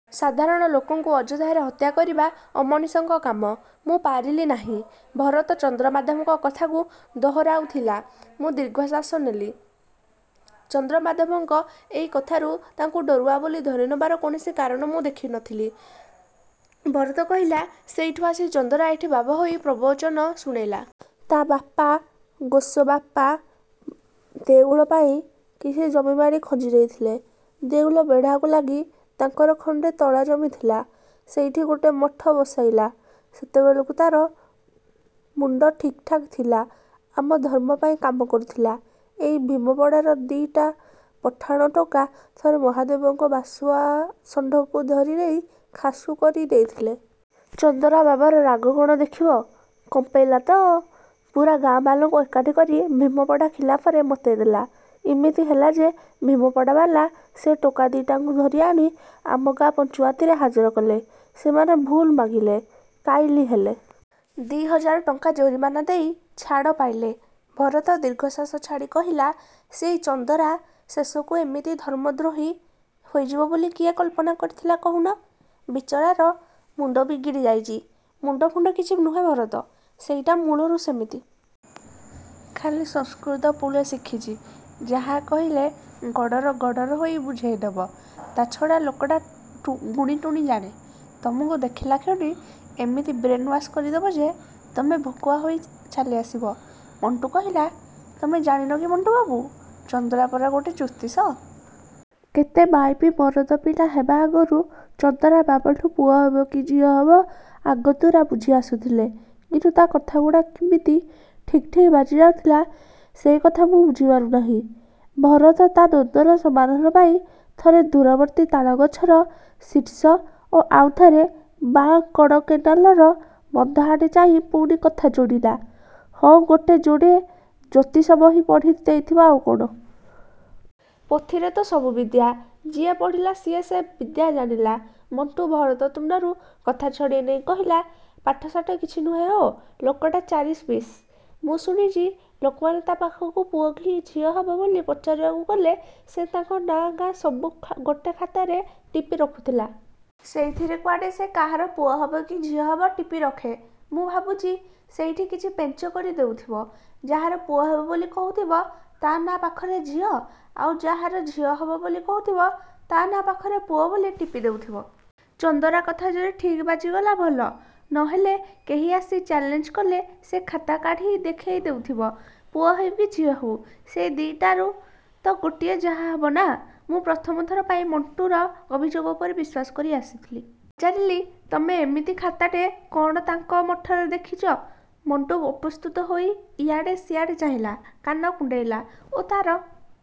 "ସାଧାରଣ ଲୋକଙ୍କୁ ଅଯଥାରେ ହତ୍ୟା କରିବା ଅମଣିଷଙ୍କ କାମ। ମୁଁ ପାରିଲି ନାହିଁ।" ଭରତ ଚନ୍ଦ୍ରମାଧବଙ୍କ କଥାକୁ ଦୋହରାଉଥିଲା। ମୁଁ ଦୀର୍ଘଶ୍ୱାସ ନେଲି। ଚନ୍ଦ୍ରମାଧବଙ୍କ ଏଇ କଥାରୁ ତାଙ୍କୁ ଡରୁଆ ବୋଲି ଧରି ନବାର କୌଣସି କାରଣ ମୁଁ ଦେଖୀ ନଥିଲି। ଭରତ କହିଲା, "ସେଇଠୁ ଆସି ଚନ୍ଦରା ଏଠି ବାବା ହୋଇ ପ୍ରବଚନ ଶୁଣେଇଲା। ତା' ବାପା ଗୋସବାପା ଦେଉଳ ପାଇଁ କିଛି ଜମିବାଡ଼ି ଖଞ୍ଜି ଦେଇଥିଲେ। ଦେଉଳ ବେଢ଼ାକୁ ଲାଗି ତାଙ୍କର ଖଣ୍ଡେ ତଳା ଜମି ଥିଲା। ସେଇଠି ଗୋଟେ ମଠ ବସାଇଲା। ସେତେବେଳକୁ ତା'ର ମୁଣ୍ଡ ଠିକ୍‌ଠାକ୍ ଥିଲା। ଆମ ଧର୍ମ ପାଇଁ କାମ କରୁଥିଲା। ଏଇ ଭୀମପଡ଼ାର ଦି'ଟା ପଠାଣ ଟୋକା ଥରେ ମହାଦେବଙ୍କ ବାସୁଆ ଷଣ୍ଢକୁ ଧରିନେଇ ଖାସୁ କରି ଦେଇଥିଲେ। ଚନ୍ଦରା ବାବାର ରାଗ କ'ଣ ଦେଖିବ! କମ୍ପେଇଲା ତ! ପୂରା ଗାଁବାଲାଙ୍କୁ ଏକାଠି କରି ଭୀମପଡ଼ା ଖିଲାଫରେ ମତେଇ ଦେଲା। ଇମିତି ହେଲା ଯେ ଭୀମପଡ଼ାବାଲା ସେ ଟୋକା ଦି'ଟାଙ୍କୁ ଧରି ଆଣି ଆମ ଗାଁ ପଞ୍ଚୁଆତିରେ ହାଜର କଲେ। ସେମାନେ ଭୁଲ୍ ମାଗିଲେ, କାଇଲି ହେଲେ। ଦି' ହଜାର ଟଙ୍କା ଜୋରିମାନା ଦେଇ ଛାଡ଼ ପାଇଲେ।" ଭରତ ଦୀର୍ଘଶ୍ୱାସ ଛାଡ଼ି କହିଲା, "ସେଇ ଚନ୍ଦରା ଶେଷକୁ ଏମିତି ଧର୍ମଦ୍ରୋହୀ ହୋଇଯିବ ବୋଲି କିଏ କଳ୍ପନା କରିଥିଲା କହୁନ? ବିଚରାର ମୁଣ୍ଡ ବିଗିଡ଼ି ଯାଇଛି।" "ମୁଣ୍ଡ ଫୁଣ୍ଡ କିଛି ନୁହେଁ ଭରତ। ସେଇଟା ମୂଳୁରୁ ସେମିତି। ଖାଲି ସଂସ୍କୃତ ପୁଳେ ଶିଖିଛି, ଯାହା କହିଲେ ଗଡ଼ର ଗଡ଼ର ହୋଇ ବୁଝେଇ ଦେବ। ତା'ଛଡ଼ା ଲୋକଟା ଗୁଣିଟୁଣି ଜାଣେ। ତମକୁ ଦେଖିଲାକ୍ଷଣି ଏମିତି ବ୍ରେନ୍ ୱାସ୍ କରିଦେବ ଯେ ତମେ ଭକୁଆ ହୋଇ ଚାଲି ଆସିବ।" ମଣ୍ଟୁ କହିଲା। "ତମେ ଜାଣିନ କି ମଣ୍ଟୁବାବୁ, ଚନ୍ଦରା ପରା ଗୋଟେ ଜ୍ୟୋତିଷ! କେତେ ମାଇପି ମରଦ ପିଲା ହେବା ଆଗରୁ ଚନ୍ଦରା ବାବାଠୁ ପୁଅ ହେବ କି ଝିଅ ହେବ ଆଗତୁରା ବୁଝି ଆସୁଥିଲେ। କିନ୍ତୁ ତା' କଥାଗୁଡ଼ା କିମିତି ଠିକ୍ ଠିକ୍ ବାଜି ଯାଉଥିଲା ସେଇକଥା ମୁଁ ବୁଝି ପାରୁନାହିଁ।" ଭରତ ତା' ଦ୍ୱନ୍ଦ୍ୱର ସମାଧାନ ପାଇଁ ଥରେ ଦୂରବର୍ତ୍ତୀ ତାଳଗଛର ଶୀର୍ଷ ଓ ଆଉଥରେ ବାଁ କଡ଼ କେନାଲର ବନ୍ଧ ଆଡ଼େ ଚାହିଁ ପୁଣି କଥା ଯୋଡ଼ିଲା, "ହଁ, ଗୋଟେ ଯୋଡ଼ିଏ ଜ୍ୟୋତିଷୀ ବହି ପଢ଼ି ଦେଇଥିବ ଆଉ କ'ଣ! ପୋଥିରେ ତ ସବୁ ବିଦ୍ୟା, ଯିଏ ପଢ଼ିଲା, ସିଏ ସେ ବିଦ୍ୟା ଜାଣିଲା।" ମଣ୍ଟୁ ଭରତ ତୁଣ୍ଡରୁ କଥା ଛଡ଼େଇ ନେଇ କହିଲା, "ପାଠଶାଠ କିଛି ନୁହେଁ ହୋ, ଲୋକଟା ଚାରିଶବିଶ୍। ମୁଁ ଶୁଣିଛି ଲୋକମାନେ ତା' ପାଖକୁ ପୁଅ କି ଝିଅ ହବ ବୋଲି ପଚାରିବାକୁ ଗଲେ ସେ ତାଙ୍କ ନାଁ ଗାଁ ସବୁ ଗୋଟେ ଖାତାରେ ଟିପି ରଖୁଥିଲା। ସେଇଥିରେ କୁଆଡ଼େ ସେ କାହାର ପୁଅ ହବ କି ଝିଅ ହବ ଟିପି ରଖେ। ମୁଁ ଭାବୁଛି ସେଇଠି କିଛି ପେଞ୍ଚ କରି ଦେଉଥିବ। ଯାହାର ପୁଅ ହବ ବୋଲି କହୁଥିବ, ତା' ନାଁ ପାଖରେ ଝିଅ, ଆଉ ଯାହାର ଝିଅ ହବ ବୋଲି କହୁଥିବ, ତା' ନାଁ ପାଖରେ ପୁଅ ବୋଲି ଟିପି ଦେଉଥିବ। ଚନ୍ଦରା କଥା ଯଦି ଠିକ୍ ବାଜିଗଲା ଭଲ, ନହେଲେ କେହି ଆସି ଚ୍ୟାଲେଞ୍ଜ କଲେ ସେ ଖାତା କାଢ଼ି ଦେଖେଇ ଦଉଥିବ। ପୁଅ ହେଉ କି ଝିଅ ହଉ- ସେ ଦି'ଟାରୁ ତ ଗୋଟିଏ ଯାହା ହେବ ନା!" ମୁଁ ପ୍ରଥମ ଥର ପାଇଁ ମଣ୍ଟୁର ଅଭିଯୋଗ ଉପରେ ବିଶ୍ୱାସ କରି ଆସୁଥିଲି। ପଚାରିଲି, "ତମେ ଏମିତି ଖାତାଟେ କ'ଣ ତାଙ୍କ ମଠରେ ଦେଖିଛ?" ମଣ୍ଟୁ ଅପ୍ରସ୍ତୁତ ହୋଇ ଇଆଡ଼େ ସିଆଡ଼େ ଚାହିଁଲା। କାନ କୁଣ୍ଡେଇଲା ଓ ତା'ର ।